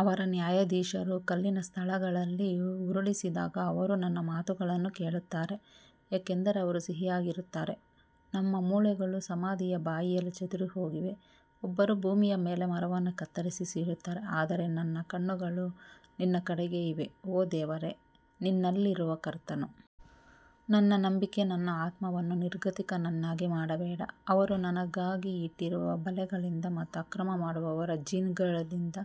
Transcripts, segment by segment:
ಅವರ ನ್ಯಾಯಾಧೀಶರು ಕಲ್ಲಿನ ಸ್ಥಳಗಳಲ್ಲಿ ಉರುಳಿಸಿದಾಗ ಅವರು ನನ್ನ ಮಾತುಗಳನ್ನು ಕೇಳುತ್ತಾರೆ ಏಕೆಂದರೆ ಅವರು ಸಿಹಿಯಾಗಿರುತ್ತಾರೆ ನಮ್ಮ ಮೂಳೆಗಳು ಸಮಾಧಿಯ ಬಾಯಿಯಲ್ಲಿ ಚದುರಿಹೋಗಿವೆ, ಒಬ್ಬರು ಭೂಮಿಯ ಮೇಲೆ ಮರವನ್ನು ಕತ್ತರಿಸಿ ಸೀಳುತ್ತಾರೆ. ಆದರೆ ನನ್ನ ಕಣ್ಣುಗಳು ನಿನ್ನ ಕಡೆಗೆ ಇವೆ ಓ ದೇವರೇ, ನಿನ್ನಲ್ಲಿರುವ ಕರ್ತನು ನನ್ನ ನಂಬಿಕೆ ನನ್ನ ಆತ್ಮವನ್ನು ನಿರ್ಗತಿಕನನ್ನಾಗಿ ಮಾಡಬೇಡ ಅವರು ನನಗಾಗಿ ಇಟ್ಟಿರುವ ಬಲೆಗಳಿಂದ ಮತ್ತು ಅಕ್ರಮ ಮಾಡುವವರ ಜಿನ್ಗಳಿಂದ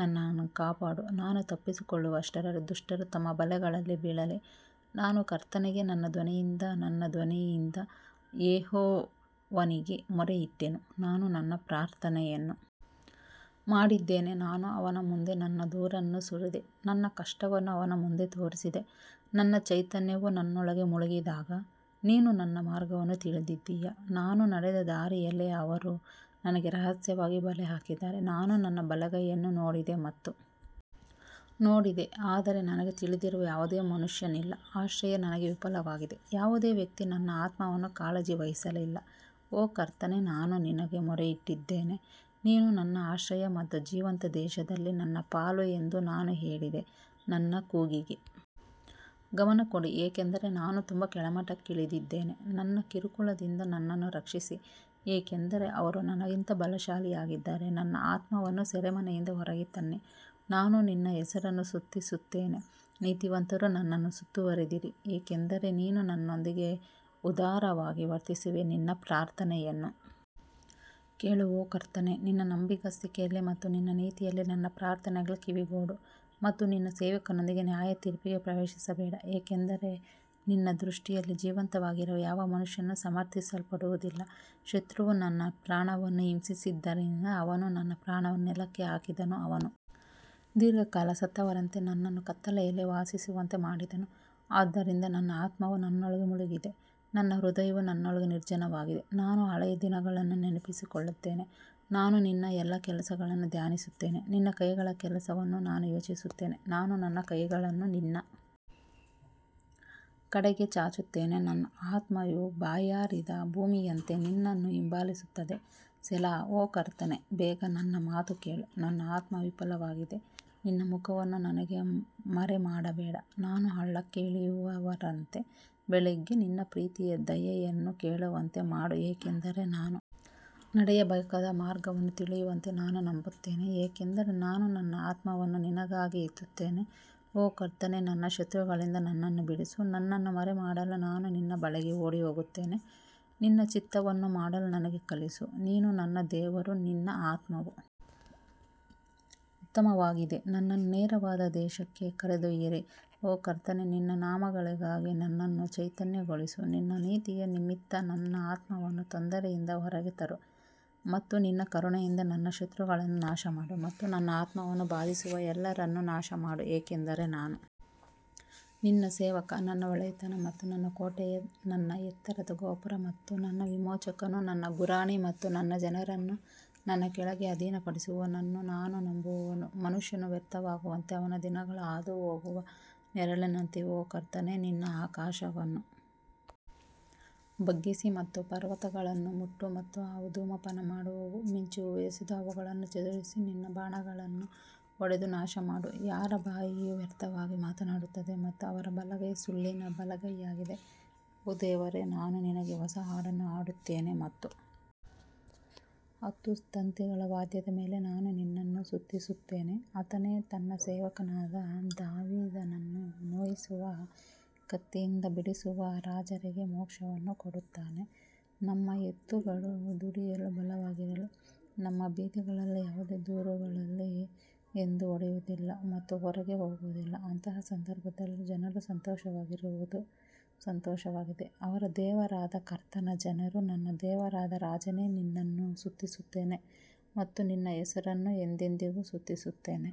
ನನ್ನನ್ನು ಕಾಪಾಡು ನಾನು ತಪ್ಪಿಸಿಕೊಳ್ಳುವಷ್ಟರಲ್ಲಿ ದುಷ್ಟರು ತಮ್ಮ ಬಲೆಗಳಲ್ಲಿ ಬೀಳಲಿ ನಾನು ಕರ್ತನಿಗೆ ನನ್ನ ಧ್ವನಿಯಿಂದ ನನ್ನ ಧ್ವನಿಯಿಂದ ಯೆಹೋವನಿಗೆ ಮೊರೆಯಿಟ್ಟೆನು ನಾನು ನನ್ನ ಪ್ರಾರ್ಥನೆಯನ್ನು ಮಾಡಿದ್ದೇನೆ ನಾನು ಅವನ ಮುಂದೆ ನನ್ನ ದೂರನ್ನು ಸುರಿದೆ, ನನ್ನ ಕಷ್ಟವನ್ನು ಅವನ ಮುಂದೆ ತೋರಿಸಿದೆ ನನ್ನ ಚೈತನ್ಯವು ನನ್ನೊಳಗೆ ಮುಳುಗಿದಾಗ ನೀನು ನನ್ನ ಮಾರ್ಗವನ್ನು ತಿಳಿದಿದ್ದೀಯಾ ನಾನು ನಡೆದ ದಾರಿಯಲ್ಲಿ ಅವರು ನನಗೆ ರಹಸ್ಯವಾಗಿ ಬಲೆ ಹಾಕಿದ್ದಾರೆ ನಾನು ನನ್ನ ಬಲಗೈಯನ್ನು ನೋಡಿದೆ ಮತ್ತು ನೋಡಿದೆ ಆದರೆ ನನಗೆ ತಿಳಿದಿರುವ ಯಾವುದೇ ಮನುಷ್ಯನಿಲ್ಲ ಆಶ್ರಯ ನನಗೆ ವಿಫಲವಾಗಿದೆ ಯಾವುದೇ ವ್ಯಕ್ತಿ ನನ್ನ ಆತ್ಮವನ್ನು ಕಾಳಜಿ ವಹಿಸಲಿಲ್ಲ ಓ ಕರ್ತನೇ ನಾನು ನಿನಗೆ ಮೊರೆಯಿಟ್ಟಿದ್ದೇನೆ, ನೀನು ನನ್ನ ಆಶ್ರಯ ಮತ್ತು ಜೀವಂತ ದೇಶದಲ್ಲಿ ನನ್ನ ಪಾಲು ಎಂದು ನಾನು ಹೇಳಿದೆ ನನ್ನ ಕೂಗಿಗೆ ಗಮನ ಕೊಡಿ, ಏಕೆಂದರೆ ನಾನು ತುಂಬಾ ಕೆಳಮಟ್ಟಕ್ಕಿಳಿದಿದ್ದೇನೆ, ನನ್ನ ಕಿರುಕುಳದಿಂದ ನನ್ನನ್ನು ರಕ್ಷಿಸಿ ಏಕೆಂದರೆ ಅವರು ನನಗಿಂತ ಬಲಶಾಲಿಯಾಗಿದ್ದಾರೆ ನನ್ನ ಆತ್ಮವನ್ನು ಸೆರೆಮನೆಯಿಂದ ಹೊರಗೆ ತನ್ನಿ, ನಾನು ನಿನ್ನ ಹೆಸರನ್ನು ಸ್ತುತಿಸುತ್ತೇನೆ, ನೀತಿವಂತರು ನನ್ನನ್ನು ಸುತ್ತುವರಿದಿರಿ ಏಕೆಂದರೆ ನೀನು ನನ್ನೊಂದಿಗೆ ಉದಾರವಾಗಿ ವರ್ತಿಸುವೆ ನನ್ನ ಪ್ರಾರ್ಥನೆಯನ್ನು ಕೇಳು ಓ ಕರ್ತನೇ ನಿನ್ನ ನಂಬಿಗಸ್ತಿಕೆಯಲ್ಲಿ ಮತ್ತು ನಿನ್ನ ನೀತಿಯಲ್ಲಿ ನನ್ನ ಪ್ರಾರ್ಥನೆಗಳಿಗೆ ಕಿವಿಗೊಡು ಮತ್ತು ನಿನ್ನ ಸೇವಕನೊಂದಿಗೆ ನ್ಯಾಯತೀರ್ಪಿಗೆ ಪ್ರವೇಶಿಸಬೇಡ ಏಕೆಂದರೆ ನಿನ್ನ ದೃಷ್ಟಿಯಲ್ಲಿ ಜೀವಂತವಾಗಿರುವ ಯಾವ ಮನುಷ್ಯನೂ ಸಮರ್ಥಿಸಲ್ಪಡುವುದಿಲ್ಲ ಶತ್ರುವು ನನ್ನ ಪ್ರಾಣವನ್ನು ಹಿಂಸಿಸಿದ್ದರಿಂದ ಅವನು ನನ್ನ ಪ್ರಾಣವನ್ನು ನೆಲಕ್ಕೆ ಹಾಕಿದನು, ಅವನು ದೀರ್ಘಕಾಲ ಸತ್ತವರಂತೆ ನನ್ನನ್ನು ಕತ್ತಲೆಯಲ್ಲಿ ವಾಸಿಸುವಂತೆ ಮಾಡಿದನು ಆದ್ದರಿಂದ ನನ್ನ ಆತ್ಮವು ನನ್ನೊಳಗೆ ಮುಳುಗಿದೆ, ನನ್ನ ಹೃದಯವು ನನ್ನೊಳಗೆ ನಿರ್ಜನವಾಗಿದೆ ನಾನು ಹಳೆಯ ದಿನಗಳನ್ನು ನೆನಪಿಸಿಕೊಳ್ಳುತ್ತೇನೆ, ನಾನು ನಿನ್ನ ಎಲ್ಲಾ ಕೆಲಸಗಳನ್ನು ಧ್ಯಾನಿಸುತ್ತೇನೆ, ನಿನ್ನ ಕೈಗಳ ಕೆಲಸವನ್ನು ನಾನು ಯೋಚಿಸುತ್ತೇನೆ ನಾನು ನನ್ನ ಕೈಗಳನ್ನು ನಿನ್ನ ಕಡೆಗೆ ಚಾಚುತ್ತೇನೆ ನನ್ನ ಆತ್ಮವು ಬಾಯಾರಿದ ಭೂಮಿಯಂತೆ ನಿನ್ನನ್ನು ಹಿಂಬಾಲಿಸುತ್ತದೆ ಸೆಲಾ ಓ ಕರ್ತನೇ ಬೇಗ ನನ್ನ ಮಾತು ಕೇಳು ನನ್ನ ಆತ್ಮವು ವಿಫಲವಾಗಿದೆ ನಿನ್ನ ಮುಖವನ್ನು ನನಗೆ ಮರೆಮಾಡಬೇಡ ನಾನು ಹಳ್ಳಕ್ಕೆ ಇಳಿಯುವವರಂತೆ ಬೆಳಿಗ್ಗೆ ನಿನ್ನ ಪ್ರೀತಿಯ ದಯೆಯನ್ನು ಕೇಳುವಂತೆ ಮಾಡು, ಏಕೆಂದರೆ ನಾನು ನಡೆಯಬೇಕಾದ ಮಾರ್ಗವನ್ನು ತಿಳಿಯುವಂತೆ ನಾನು ನಂಬುತ್ತೇನೆ, ಏಕೆಂದರೆ ನಾನು ನನ್ನ ಆತ್ಮವನ್ನು ನಿನಗಾಗಿ ಎತ್ತುತ್ತೇನೆ ಓ ಕರ್ತನೇ ನನ್ನ ಶತ್ರುಗಳಿಂದ ನನ್ನನ್ನು ಬಿಡಿಸು, ನನ್ನನ್ನು ಮರೆಮಾಡಲು ನಾನು ನಿನ್ನ ಬಳಿಗೆ ಓಡಿಹೋಗುತ್ತೇನೆ ನಿನ್ನ ಚಿತ್ತವನ್ನು ಮಾಡಲು ನನಗೆ ಕಲಿಸು, ನೀನು ನನ್ನ ದೇವರು, ನಿನ್ನ ಆತ್ಮವು ಉತ್ತಮವಾಗಿದೆ ನನ್ನನ್ನು ನೇರವಾದ ದೇಶಕ್ಕೆ ಕರೆದೊಯ್ಯಿರಿ ಓ ಕರ್ತನೇ ನಿನ್ನ ನಾಮಗಳಿಗಾಗಿ ನನ್ನನ್ನು ಚೈತನ್ಯಗೊಳಿಸು ನಿನ್ನ ನೀತಿಯ ನಿಮಿತ್ತ ನನ್ನ ಆತ್ಮವನ್ನು ತೊಂದರೆಯಿಂದ ಹೊರಗೆ ತರು ಮತ್ತು ನಿನ್ನ ಕರುಣೆಯಿಂದ ನನ್ನ ಶತ್ರುಗಳನ್ನು ನಾಶಮಾಡು ಮತ್ತು ನನ್ನ ಆತ್ಮವನ್ನು ಬಾಧಿಸುವ ಎಲ್ಲರನ್ನು ನಾಶಮಾಡು, ಏಕೆಂದರೆ ನಾನು ನಿನ್ನ ಸೇವಕ ನನ್ನ ಒಳ್ಳೆಯತನ ಮತ್ತು ನನ್ನ ಕೋಟೆಯು ನನ್ನ ಎತ್ತರದ ಗೋಪುರ ಮತ್ತು ನನ್ನ ವಿಮೋಚಕನು ನನ್ನ ಗುರಾಣಿ ಮತ್ತು ನನ್ನ ಜನರನ್ನು ನನ್ನ ಕೆಳಗೆ ಅಧೀನಪಡಿಸುವವನನ್ನು ನಾನು ನಂಬುವವನು ಮನುಷ್ಯನು ವ್ಯರ್ಥವಾಗುವಂತೆ ಅವನ ದಿನಗಳು ಹಾದುಹೋಗುವ ನೆರಳಿನಂತಿವೆ ಓ ಕರ್ತನೇ ನಿನ್ನ ಆಕಾಶವನ್ನು ಬಗ್ಗಿಸಿ ಮತ್ತು ಪರ್ವತಗಳನ್ನು ಮುಟ್ಟು ಮತ್ತು ಅವು ಧೂಮಪಾನ ಮಾಡುವವು ಮಿಂಚನ್ನು ಎಸೆದು ಅವುಗಳನ್ನು ಚದುರಿಸಿ ನಿನ್ನ ಬಾಣಗಳನ್ನು ಹೊಡೆದು ನಾಶಮಾಡು ಯಾರ ಬಾಯಿಯು ವ್ಯರ್ಥವಾಗಿ ಮಾತನಾಡುತ್ತದೆ ಮತ್ತು ಅವರ ಬಲಗೈ ಸುಳ್ಳಿನ ಬಲಗೈಯಾಗಿದೆ ಓ ದೇವರೇ, ನಾನು ನಿನಗೆ ಹೊಸ ಹಾಡನ್ನು ಹಾಡುತ್ತೇನೆ ಮತ್ತು ಹತ್ತು ತಂತಿಗಳ ವಾದ್ಯದ ಮೇಲೆ ನಾನು ನಿನ್ನನ್ನು ಸ್ತುತಿಸುತ್ತೇನೆ ಆತನೇ ತನ್ನ ಸೇವಕನಾದ ದಾವೀದನನ್ನು ನೋಯಿಸುವ ಕತ್ತಿಯಿಂದ ಬಿಡಿಸುವ ರಾಜರಿಗೆ ಮೋಕ್ಷವನ್ನು ಕೊಡುತ್ತಾನೆ ನಮ್ಮ ಎತ್ತುಗಳು ದುಡಿಯಲು ಬಲವಾಗಿರಲಿ, ನಮ್ಮ ಬೀದಿಗಳಲ್ಲಿ ಯಾವುದೇ ದೂರುಗಳಿಲ್ಲ ಎಂದು ಒಡೆಯುವುದಿಲ್ಲ ಮತ್ತು ಹೊರಗೆ ಹೋಗುವುದಿಲ್ಲ ಅಂತಹ ಸಂದರ್ಭದಲ್ಲಿ ಜನರು ಸಂತೋಷವಾಗಿರುವುದು ಸಂತೋಷವಾಗಿದೆ, ಅವರ ದೇವರಾದ ಕರ್ತನ ಜನರು ನನ್ನ ದೇವರಾದ ರಾಜನೇ ನಿನ್ನನ್ನು ಸ್ತುತಿಸುತ್ತೇನೆ ಮತ್ತು ನಿನ್ನ ಹೆಸರನ್ನು ಎಂದೆಂದಿಗೂ ಸ್ತುತಿಸುತ್ತೇನೆ.